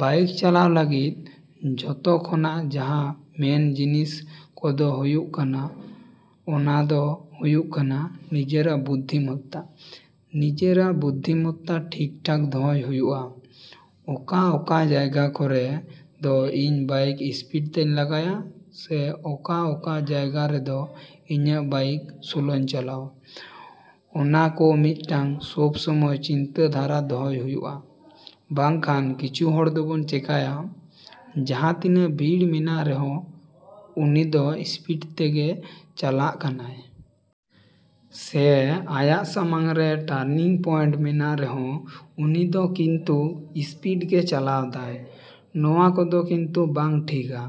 Bike ᱪᱟᱞᱟᱣ ᱞᱟᱹᱜᱤᱫ ᱡᱚᱛᱚ ᱠᱷᱚᱱᱟᱜ ᱡᱟᱦᱟᱸ ᱢᱮᱱ ᱡᱤᱱᱤᱥ ᱠᱚᱫᱚ ᱦᱩᱭᱩᱜ ᱠᱟᱱᱟ, ᱚᱱᱟ ᱫᱚ ᱦᱩᱭᱩᱜ ᱠᱟᱱᱟ ᱱᱤᱡᱮᱨᱟᱜ ᱵᱩᱫᱽᱫᱷᱤᱢᱚᱛᱛᱟ᱾ ᱱᱤᱡᱮᱨᱟᱜ ᱵᱩᱫᱽᱫᱷᱤᱢᱚᱛᱛᱟ, ᱴᱷᱤᱠ-ᱴᱷᱟᱠ ᱫᱚᱦᱚᱭ ᱦᱩᱭᱩᱜᱼᱟ᱾ ᱚᱠᱟ ᱚᱠᱟ ᱡᱟᱭᱜᱟ ᱠᱚᱨᱮ ᱫᱚ ᱤᱧ ᱵᱟᱭᱤᱠ ᱤᱥᱯᱤᱰ ᱛᱮᱧ ᱞᱟᱜᱟᱭᱟ, ᱥᱮ ᱚᱠᱟ ᱚᱠᱟ ᱡᱟᱭᱜᱟ ᱨᱮᱫᱚ ᱤᱧᱟᱹᱜ ᱵᱟᱭᱤᱠ ᱥᱞᱳᱧ ᱪᱟᱞᱟᱣᱟ, ᱚᱱᱟ ᱠᱚ ᱢᱤᱫᱴᱟᱝ ᱥᱚᱵ ᱥᱚᱢᱚᱭ ᱪᱤᱱᱛᱟᱹ ᱫᱷᱟᱨᱟ ᱫᱚᱦᱚᱭ ᱦᱩᱭᱩᱜᱼᱟ, ᱵᱟᱝ ᱠᱷᱟᱱ ᱠᱤᱪᱷᱩ ᱦᱚᱲ ᱫᱚᱵᱚᱱ ᱪᱮᱠᱟᱭᱟ, ᱡᱟᱦᱟᱸᱛᱤᱱᱟᱹᱜ ᱵᱷᱤᱲ ᱢᱮᱱᱟᱜ ᱨᱮᱦᱚᱸ ᱩᱱᱤ ᱫᱚ ᱤᱥᱯᱤᱰ ᱛᱮᱜᱮ ᱪᱟᱞᱟᱜ ᱠᱟᱱᱟᱭ᱾ ᱥᱮ ᱟᱭᱟᱜ ᱥᱟᱢᱟᱝ ᱨᱮ ᱴᱟᱨᱱᱤᱝ ᱯᱚᱭᱮᱱᱴ ᱢᱮᱱᱟᱜ ᱨᱮᱦᱚᱸ ᱩᱱᱤ ᱫᱚ ᱠᱤᱱᱛᱩ ᱤᱥᱯᱤᱰ ᱜᱮ ᱪᱟᱞᱟᱣ ᱫᱟᱭ, ᱱᱚᱣᱟ ᱠᱚᱫᱚ ᱠᱤᱱᱛᱩ ᱵᱟᱝ ᱴᱷᱤᱠᱟ᱾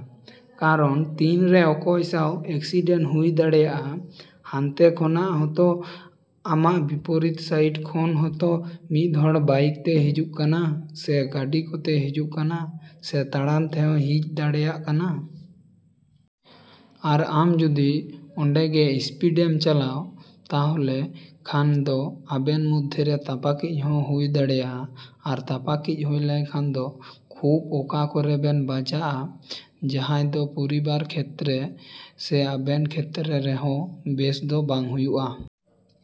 ᱠᱟᱨᱚᱱ ᱛᱤᱱ ᱨᱮ ᱚᱠᱚᱭ ᱥᱟᱶ ᱮᱠᱥᱤᱰᱮᱱᱴ ᱦᱩᱭ ᱫᱟᱲᱮᱭᱟᱜᱼᱟ, ᱦᱟᱱᱛᱮ ᱠᱷᱚᱱᱟᱜ ᱦᱚᱸᱛᱚ ᱟᱢᱟᱜ ᱵᱤᱯᱚᱨᱤᱛ ᱥᱟᱭᱤᱰ ᱠᱷᱚᱱ ᱦᱚᱸᱛᱚ ᱢᱤᱫ ᱦᱚᱲ ᱵᱟᱭᱤᱠ ᱛᱮᱭ ᱦᱤᱡᱩᱜ ᱠᱟᱱᱟ ᱥᱮ ᱜᱟᱹᱰᱤ ᱠᱚᱛᱮᱭ ᱦᱤᱡᱩᱜ ᱠᱟᱱᱟ, ᱥᱮ ᱛᱟᱲᱟᱢ ᱛᱮᱦᱚᱸᱭ ᱦᱤᱡ ᱫᱟᱲᱮᱭᱟᱜ ᱠᱟᱱᱟ᱾ ᱟᱨ ᱟᱢ ᱡᱩᱫᱤ ᱚᱸᱰᱮ ᱜᱮ ᱤᱥᱯᱤᱰᱮᱢ ᱪᱟᱞᱟᱣ ᱛᱟᱦᱚᱞᱮ ᱠᱷᱟᱱ ᱫᱚ ᱟᱵᱮᱱ ᱢᱚᱫᱽᱫᱷᱮ ᱨᱮ ᱛᱟᱯᱟᱠᱤᱡ ᱦᱚᱸ ᱦᱩᱭ ᱫᱟᱲᱮᱭᱟᱜᱼᱟ, ᱟᱨ ᱛᱟᱯᱟᱠᱤᱡ ᱦᱩᱭ ᱞᱮᱱᱠᱷᱟᱱ ᱫᱚ ᱠᱷᱩᱵ ᱚᱠᱟ ᱠᱚᱨᱮ ᱵᱮᱱ ᱵᱟᱡᱟᱜᱼᱟ, ᱡᱟᱦᱟᱸᱭ ᱫᱚ ᱯᱚᱨᱤᱵᱟᱨ ᱠᱷᱮᱛᱨᱮ ᱥᱮ ᱟᱵᱮᱱ ᱠᱷᱮᱛᱨᱮ ᱨᱮᱦᱚᱸ ᱵᱮᱥ ᱫᱚ ᱵᱟᱝ ᱦᱩᱭᱩᱜᱼᱟ᱾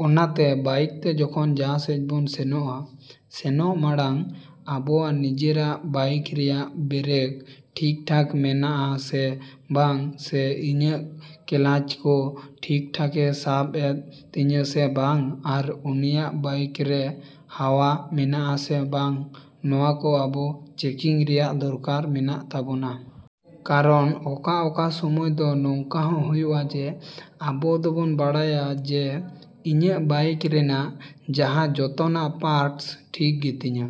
ᱚᱱᱟᱛᱮ ᱵᱟᱭᱤᱠ ᱛᱮ ᱡᱚᱠᱷᱚᱱ ᱡᱟᱦᱟᱸ ᱥᱮᱡ ᱵᱚᱱ ᱥᱮᱱᱚᱜᱼᱟ, ᱥᱮᱱᱚᱜ ᱢᱟᱲᱟᱝ ᱟᱵᱚᱣᱟᱜ ᱱᱤᱡᱮᱨᱟᱜ ᱵᱟᱭᱤᱠ ᱨᱮᱱᱟᱜ ᱵᱨᱮᱠ ᱴᱷᱤᱠ-ᱴᱷᱟᱠ ᱢᱮᱱᱟᱜᱼᱟ ᱥᱮ ᱵᱟᱝ ᱥᱮ ᱤᱧᱟᱹᱜ ᱠᱞᱟᱡᱽ ᱠᱚ ᱴᱷᱤᱠ-ᱴᱷᱟᱠᱮ ᱥᱟᱵ ᱮᱫ ᱛᱤᱧᱟᱹ ᱥᱮ ᱵᱟᱝ ᱟᱨ ᱩᱱᱤᱭᱟᱜ ᱵᱟᱭᱤᱠ ᱨᱮ ᱦᱟᱣᱟ ᱢᱮᱱᱟᱜᱼᱟ ᱥᱮ ᱵᱟᱝ, ᱱᱚᱣᱟ ᱠᱚ ᱟᱵᱚ ᱪᱮᱠᱤᱝ ᱨᱮᱱᱟᱜ ᱫᱚᱨᱠᱟᱨ ᱢᱮᱱᱟᱜ ᱛᱟᱵᱚᱱᱟ᱾ ᱠᱟᱨᱚᱱ ᱚᱠᱟ ᱚᱠᱟ ᱥᱚᱢᱚᱭ ᱫᱚ ᱱᱚᱝᱠᱟ ᱦᱚᱸ ᱦᱩᱭᱩᱜᱼᱟ ᱡᱮ, ᱟᱵᱚ ᱫᱚᱵᱚᱱ ᱵᱟᱲᱟᱭᱟ ᱡᱮ, ᱤᱧᱟᱹᱜ ᱵᱟᱭᱤᱠ ᱨᱮᱱᱟᱜ ᱡᱟᱦᱟᱸ ᱡᱚᱛᱚᱱᱟᱜ ᱯᱟᱨᱴᱥ ᱴᱷᱤᱠ ᱜᱮᱛᱤᱧᱟ᱾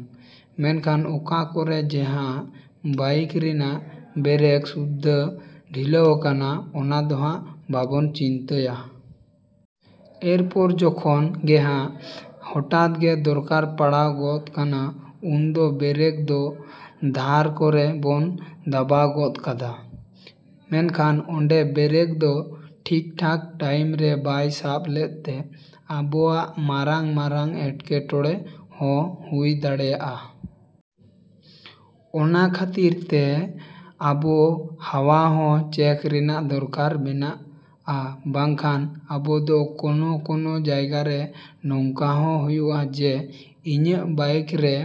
ᱢᱮᱱᱠᱷᱟᱱ ᱚᱠᱟ ᱠᱚᱨᱮ ᱡᱮ ᱦᱟᱸᱜ ᱵᱟᱭᱤᱠ ᱨᱮᱱᱟᱜ ᱵᱨᱮᱠ ᱥᱩᱫᱽᱫᱷᱳ ᱰᱷᱤᱞᱟᱹᱣᱠᱟᱱᱟ ᱚᱱᱟ ᱫᱚ ᱦᱟᱸᱜ ᱵᱟᱵᱚᱱ ᱪᱤᱱᱛᱟᱹᱭᱟ᱾ ᱮᱨ ᱯᱚᱨ ᱡᱚᱠᱷᱚᱱ ᱜᱮ ᱦᱟᱸᱜ ᱦᱚᱴᱟᱛ ᱜᱮ ᱫᱚᱨᱠᱟᱨ ᱯᱟᱲᱟᱣ ᱜᱚᱫ ᱠᱟᱱᱟ ᱩᱱ ᱫᱚ ᱵᱨᱮᱠ ᱫᱚ ᱫᱷᱟᱨ ᱠᱚᱨᱮ ᱵᱚᱱ ᱫᱟᱵᱟᱣ ᱜᱚᱫ ᱠᱟᱫᱟ᱾ ᱢᱮᱱᱠᱷᱟᱱ ᱚᱸᱰᱮ ᱵᱨᱮᱠ ᱫᱚ ᱴᱷᱤᱠ-ᱴᱷᱟᱠ ᱴᱟᱭᱤᱢ ᱨᱮ ᱵᱟᱭ ᱥᱟᱵ ᱞᱮᱫᱛᱮ ᱟᱵᱚᱣᱟᱜ ᱢᱟᱨᱟᱝ ᱢᱟᱨᱟᱝ ᱮᱴᱠᱮᱴᱚᱬᱮ ᱦᱚᱸ ᱦᱩᱭ ᱫᱟᱲᱮᱭᱟᱜᱼᱟ᱾ ᱚᱱᱟ ᱠᱷᱟᱹᱛᱤᱨ ᱛᱮ ᱟᱵᱚ ᱦᱟᱣᱟ ᱦᱚᱸ ᱪᱮᱠ ᱨᱮᱱᱟᱜ ᱫᱚᱨᱠᱟᱨ ᱢᱮᱱᱟᱜᱼᱟ ᱵᱟᱝᱠᱷᱟᱱ ᱟᱵᱚ ᱫᱚ ᱠᱳᱱᱳ ᱠᱳᱱᱳ ᱡᱟᱭᱜᱟ ᱨᱮ ᱱᱚᱝᱠᱟ ᱦᱚᱸ ᱦᱩᱭᱩᱜᱼᱟ ᱡᱮ, ᱤᱧᱟᱹᱜ ᱵᱟᱭᱤᱠ ᱨᱮ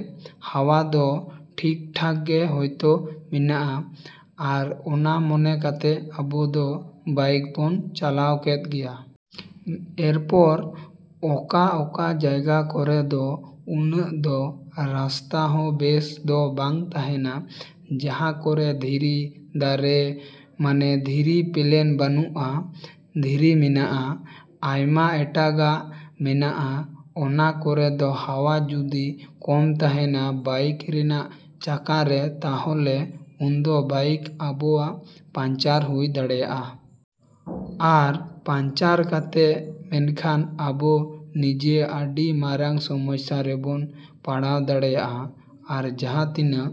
ᱦᱟᱣᱟ ᱫᱚ ᱴᱷᱤᱠ-ᱴᱷᱟᱠ ᱜᱮ ᱦᱳᱭᱛᱳ ᱢᱮᱱᱟᱜᱼᱟ᱾ ᱟᱨ ᱚᱱᱟ ᱢᱚᱱᱮ ᱠᱟᱛᱮ ᱟᱵᱚ ᱫᱚ ᱵᱟᱭᱤᱠ ᱵᱚᱱ ᱪᱟᱞᱟᱣ ᱠᱮᱫ ᱜᱮᱭᱟ᱾ ᱮᱨᱯᱚᱨ ᱚᱠᱟ ᱚᱠᱟ ᱡᱟᱭᱜᱟ ᱠᱚᱨᱮ ᱫᱚ ᱩᱱᱟᱹᱜ ᱫᱚ ᱨᱟᱥᱛᱟ ᱦᱚᱸ ᱵᱮᱥ ᱫᱚ ᱵᱟᱝ ᱛᱟᱦᱮᱱᱟ᱾ ᱡᱟᱦᱟᱸ ᱠᱚᱨᱮ ᱫᱷᱤᱨᱤ, ᱫᱟᱨᱮ ᱢᱟᱱᱮ ᱫᱷᱤᱨᱤ ᱯᱞᱮᱱ ᱵᱟᱹᱱᱩᱜᱼᱟ, ᱫᱷᱤᱨᱤ ᱢᱮᱱᱟᱜᱼᱟ᱾ ᱟᱭᱢᱟ ᱮᱴᱟᱜᱟᱜ ᱢᱮᱱᱟᱜᱼᱟ, ᱚᱱᱟ ᱠᱚᱨᱮ ᱫᱚ ᱦᱟᱣᱟ ᱡᱩᱫᱤ ᱠᱚᱢ ᱛᱟᱦᱮᱱᱟ ᱵᱟᱭᱤᱠ ᱨᱮᱱᱟᱜ ᱪᱟᱠᱟ ᱨᱮ ᱛᱟᱦᱚᱞᱮ ᱩᱱᱫᱚ ᱵᱟᱭᱤᱠ ᱟᱵᱚᱣᱟᱜ ᱯᱟᱱᱪᱟᱨ ᱦᱩᱭ ᱫᱟᱲᱭᱟᱜᱼᱟ᱾ ᱟᱨ ᱯᱟᱱᱪᱟᱨ ᱠᱟᱛᱮ ᱢᱮᱱᱠᱷᱟᱱ ᱟᱵᱚ ᱱᱤᱡᱮ ᱟᱹᱰᱤ ᱢᱟᱨᱟᱝ ᱥᱚᱢᱚᱥᱥᱟ ᱨᱮᱵᱚᱱ ᱯᱟᱲᱟᱣ ᱫᱟᱲᱮᱭᱟᱜᱼᱟ᱾ ᱟᱨ ᱡᱟᱦᱟᱸᱛᱤᱱᱟᱹᱜ